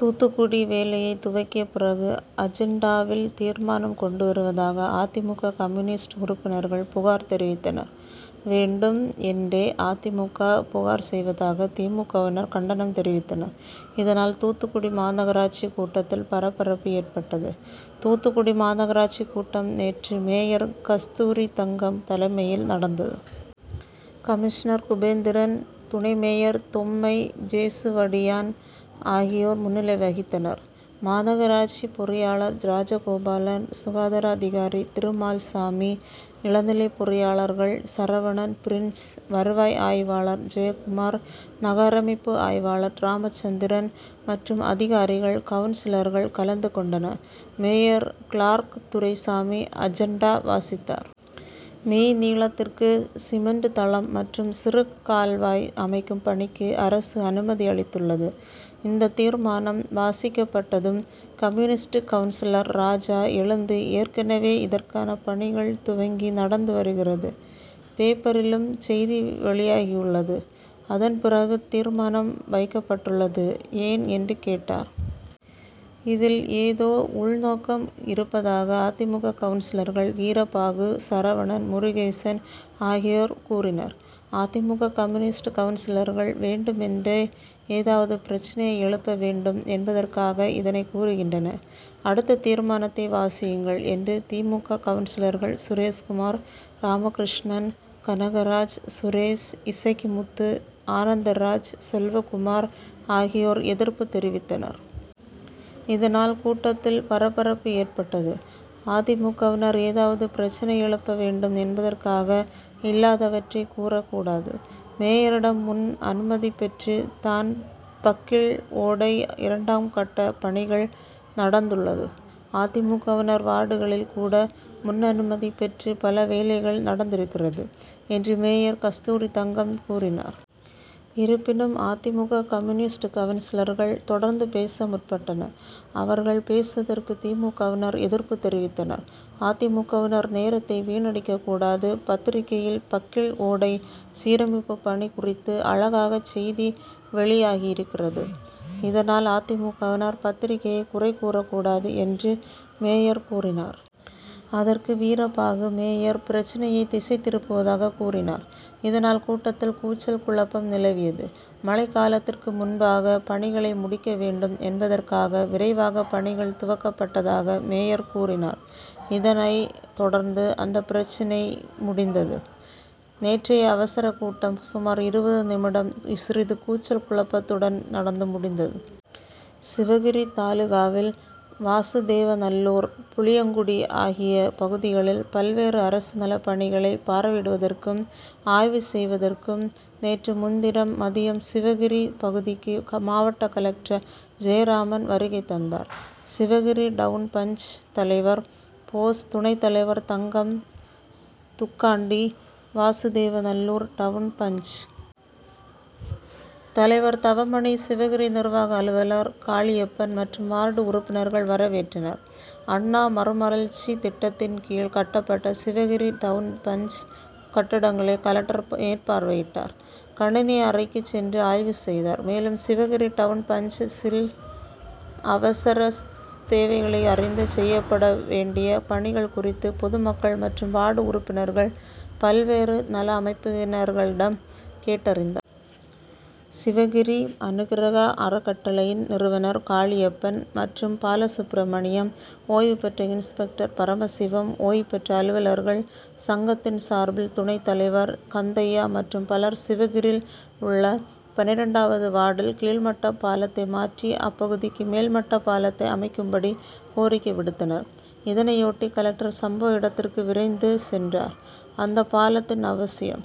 தூத்துக்குடி, வேலையை துவக்கிய பிறகு அஜென்டாவில் தீர்மானம் கொண்டுவருவதாக அதிமுக, கம்யுனிஸ்ட் உறுப்பினர்கள் புகார் தெரிவித்தனர். வேண்டும் என்றே அதிமுக புகார் செய்வதாக திமுகவினர் கண்டனம் தெரிவித்தனர். இதனால் தூத்துக்குடி மாநகராட்சி கூட்டத்தில் பரபரப்பு ஏற்பட்டது. தூத்துக்குடி மாநகராட்சி கூட்டம் நேற்று மேயர் கஸ்தூரிதங்கம் தலைமையில் நடந்தது. கமிஷனர் குபேந்திரன், துணைமேயர் தொம்மை ஜேசுவடியான் ஆகியோர் முன்னிலை வகித்தனர். மாநகராட்சி பொறியாளர் ராஜகோபாலன், சுகாதார அதிகாரி திருமால்சாமி, இளநிலை பொறியாளர்கள் சரவணன், பிரின்ஸ், வருவாய் ஆய்வாளர் ஜெயக்குமார், நகரமைப்பு ஆய்வாளர் ராமச்சந்திரன் மற்றும் அதிகாரிகள் கவுன்சிலர்கள் கலந்து கொண்டனர். மேயர் கிளார்க் துரைமணி அஜென்டா வாசித்தார். மீ நீளத்திற்கு சிமென்ட்தளம் மற்றும் சிறுகால்வாய் அமைக்கும் பணிக்கு அரசு அனுமதி அளித்துள்ளது. இந்த தீர்மானம் வாசிக்கப்பட்டதும் கம்யுனிஸ்ட் கவுன்சிலர் ராஜா எழுந்து ஏற்கனவே இதற்கான பணிகள் துவங்கி நடந்து வருகிறது. பேப்பரிலும் செய்தி வெளியாகியுள்ளது. அதன் பிறகு தீர்மானம் வைக்கப்பட்டுள்ளது ஏன் என்று கேட்டார். இதில் ஏதோ உள் நோக்கம் இருப்பதாக அதிமுக கவுன்சிலர்கள் வீரபாகு, சரவணன், முருகேசன் ஆகியோர் கூறினர். அதிமுக, கம்யுனிஸ்ட் கவுன்சிலர்கள் வேண்டும் என்றே ஏதாவது பிரச்னையை எழுப்ப வேண்டும் என்பதற்காக இதனை கூறுகின்றனர். அடுத்த தீர்மானத்தை வாசியுங்கள் என்று திமுக கவுன்சிலர்கள் சுரேஷ்குமார், ராமகிருஷ்ணன், கனகராஜ், சுரேஷ், இசக்கிமுத்து, ஆனந்தராஜ், செல்வக்குமார் ஆகியோர் எதிர்ப்பு தெரிவித்தனர். இதனால் கூட்டத்தில் பரபரப்பு ஏற்பட்டது. அதிமுகவினர் ஏதாவது பிரச்னை எழுப்ப வேண்டும் என்பதற்காக இல்லாதவற்றை கூறக் கூடாது. மேயரிடம் முன் அனுமதி பெற்று தான் பக்கிள் ஓடை இரண்டாம் கட்ட பணிகள் நடந்துள்ளது. அதிமுகவினர் வார்டுகளில் கூட முன் அனுமதி பெற்று பல வேலைகள் நடந்திருக்கிறது என்று மேயர் கஸ்தூரிதங்கம் கூறினார். இருப்பினும் அதிமுக, கம்யுனிஸ்ட் கவுன்சிலர்கள் தொடர்ந்து பேச முற்பட்டனர். அவர்கள் பேசுவதற்கு திமுகவினர் எதிர்ப்பு தெரிவித்தனர். அதிமுகவினர் நேரத்தை வீணடிக்க கூடாது. பத்திரிக்கையில் பக்கிள் ஓடை சீரமைப்பு பணி குறித்து அழகாக செய்தி வெளியாகியிருக்கிறது. இதனால் அதிமுகவினர் பத்திரிக்கையை குறை கூறக் கூடாது என்று மேயர் கூறினார். அதற்கு வீரபாகு மேயர் பிரச்னையை திசை திருப்புவதாக கூறினார். இதனால் கூட்டத்தில் கூச்சல் குழப்பம் நிலவியது. மழைக் காலத்திற்கு முன்பாக பணிகளை முடிக்க வேண்டும் என்பதற்காக விரைவாக பணிகள் துவக்கப்பட்டதாக மேயர் கூறினார். இதனை தொடர்ந்து அந்த பிரச்னை முடிந்தது. நேற்றைய அவசர கூட்டம் சுமார் இருபது நிமிடம் சிறிது கூச்சல் குழப்பத்துடன் நடந்து முடிந்தது. சிவகிரி தாலுகாவில் வாசுதேவநல்லூர், புளியங்குடி ஆகிய பகுதிகளில் பல்வேறு அரசு நல பணிகளை பார்வையிடுவதற்கும், ஆய்வு செய்வதற்கும் நேற்று முன்தினம் மதியம் சிவகிரி பகுதிக்கு மாவட்ட கலெக்டர் ஜெயராமன் வருகை தந்தார். சிவகிரி டவுன் பஞ்., தலைவர் போஸ், துணைத் தலைவர் தங்கம் துக்காண்டி, வாசுதேவநல்லூர் டவுன் பஞ்., தலைவர் தவமணி, சிவகிரி நிர்வாக அலுவலர் காளியப்பன் மற்றும் வார்டு உறுப்பினர்கள் வரவேற்றனர். அண்ணா மறுமலர்ச்சி திட்டத்தின் கீழ் கட்டப்பட்ட சிவகிரி டவுன் பஞ்., கட்டடங்களை கலெக்டர் மேற்பார்வையிட்டார். கணினி அறைக்கு சென்று ஆய்வு செய்தார். மேலும் சிவகிரி டவுன் பஞ்.,சில் அவசர தேவைகளை அறிந்து செய்யப்பட வேண்டிய பணிகள் குறித்து பொதுமக்கள் மற்றும் வார்டு உறுப்பினர்கள், பல்வேறு நல அமைப்பினர்களிடம் கேட்டறிந்தார். சிவகிரி அனுக்கிரகா அறக்கட்டளையின் நிறுவனர் காளியப்பன் மற்றும் பாலசுப்பிரமணியம், ஓய்வு பெற்ற இன்ஸ்பெக்டர் பரமசிவம், ஓய்வு பெற்ற அலுவலர்கள் சங்கத்தின் சார்பில் துணைத் தலைவர் கந்தையா மற்றும் பலர் சிவகிரில் உள்ள பன்னிரண்டாவது வார்டில் கீழ்மட்ட பாலத்தை மாற்றி அப்பகுதிக்கு மேல்மட்ட பாலத்தை அமைக்கும்படி கோரிக்கை விடுத்தனர். இதனையொட்டி கலெக்டர் சம்பவ இடத்திற்கு விரைந்து சென்றார். அந்த பாலத்தின் அவசியம்